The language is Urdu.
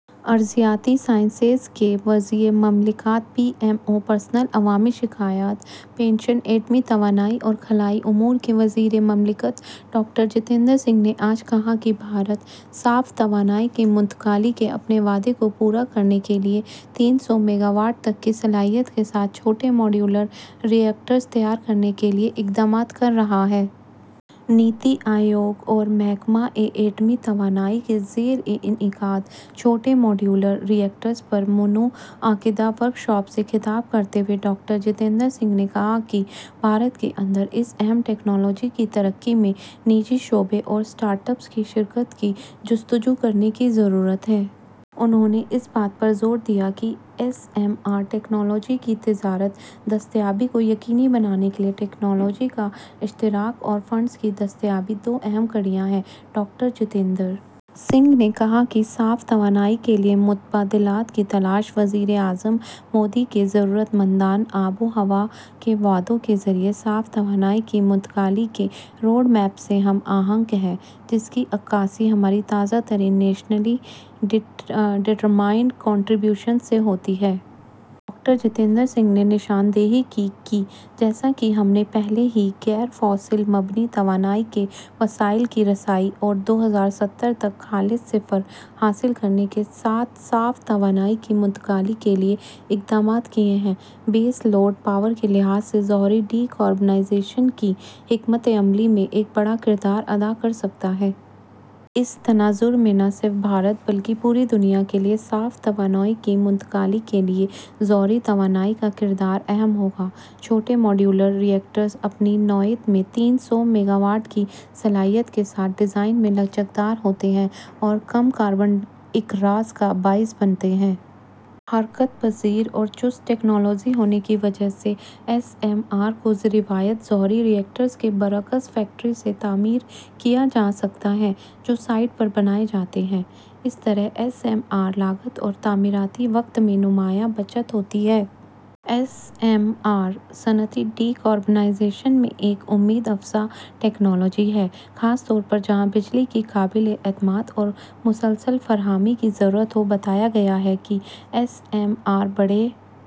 ارتھ سائنسز کے وزیر مملکت ؛ پی ایم او، پرسنل، عوامی شکایات، پنشن، ایٹمی توانائی اور خلائی امور کے وزیر مملکت ڈاکٹر جتیندر سنگھ نے آج کہا کہ بھارت صاف توانائی کی منتقلی کے اپنے وعدے کو پورا کرنے کے لیے تین سو میگاواٹ تک کی صلاحیت کے ساتھ چھوٹے ماڈیولر ری ایکٹرز تیار کرنے کے لیے اقدامات کر رہا ہے۔ نیتی آیوگ اور محکمہ ایٹمی توانائی کے زیر انعقاد چھوٹے ماڈیولر ری ایکٹرز پر منعقدہ ورکشاپ سے خطاب کرتے ہوئے ڈاکٹر جتیندر سنگھ نے کہا کہ بھارت کے اندر اس اہم ٹکنالوجی کی ترقی میں نجی شعبے اور اسٹارٹ اپس کی شرکت کی جستجو کرنے کی ضرورت ہے۔ انھوں نے اس بات پر زور دیا کہ ایس ایم آر ٹیکنالوجی کی تجارتی دستیابی کو یقینی بنانے کے لیے ٹیکنالوجی کا اشتراک اور فنڈز کی دستیابی دو اہم کڑیاں ہیں۔ ڈاکٹر جتیندر سنگھ نے کہا کہ صاف توانائی کے نئے متبادلات کی تلاش وزیر اعظم مودی کے جرات مندانہ آب و ہوا کے وعدوں کے ذریعے صاف توانائی کی منتقلی کے روڈ میپ سے ہم آہنگ ہے جس کی عکاسی ہماری تازہ ترین نیشنلی ڈٹرمنڈ کنٹری بیوشنز سے ہوتی ہے۔ ڈاکٹر جتیندر سنگھ نے نشاندہی کی کہ جیسا کہ ہم نے پہلے ہی غیر فوسل مبنی توانائی کے وسائل کی رسائی اور تک خالص صفر حاصل کرنے کے ساتھ صاف توانائی کی منتقلی کے لیے اقدامات کیے ہیں، بیس لوڈ پاور کے لحاظ سے جوہری ڈی کاربونائزیشن کی حکمت عملی میں ایک بڑا کردار ادا کرسکتا ہے۔ اس تناظر میں نہ صرف بھارت بلکہ پوری دنیا کے لیے صاف توانائی کی منتقلی کے لیے جوہری توانائی کا کردار اہم ہوگا۔ چھوٹے ماڈیولر ری ایکٹرز، اپنی نوعیت میں تین سو میگاواٹ کی صلاحیت کے ساتھ ڈیزائن میں لچکدار ہوتے ہیں اور کم کاربن اخراج کا باعث بنتے ہیں۔ حرکت پذیر اور چست ٹکنالوجی ہونے کی وجہ سے ایس ایم آر کو روایتی جوہری ری ایکٹرز کے برعکس فیکٹری سے تعمیر کیا جاسکتا ہے جو سائٹ پر بنائے جاتے ہیں۔ اس طرح ایس ایم آر لاگت اور تعمیراتی وقت میں نمایاں بچت ہوتی ہے۔ ایس ایم آر صنعتی ڈی کاربونائزیشن میں ایک امید افزا ٹیکنالوجی ہے خاص طور پر جہاں بجلی کی قابل اعتماد اور مسلسل فراہمی کی ضرورت ہو۔ بتایا گیا ہے کہ ایس ایم آر بڑے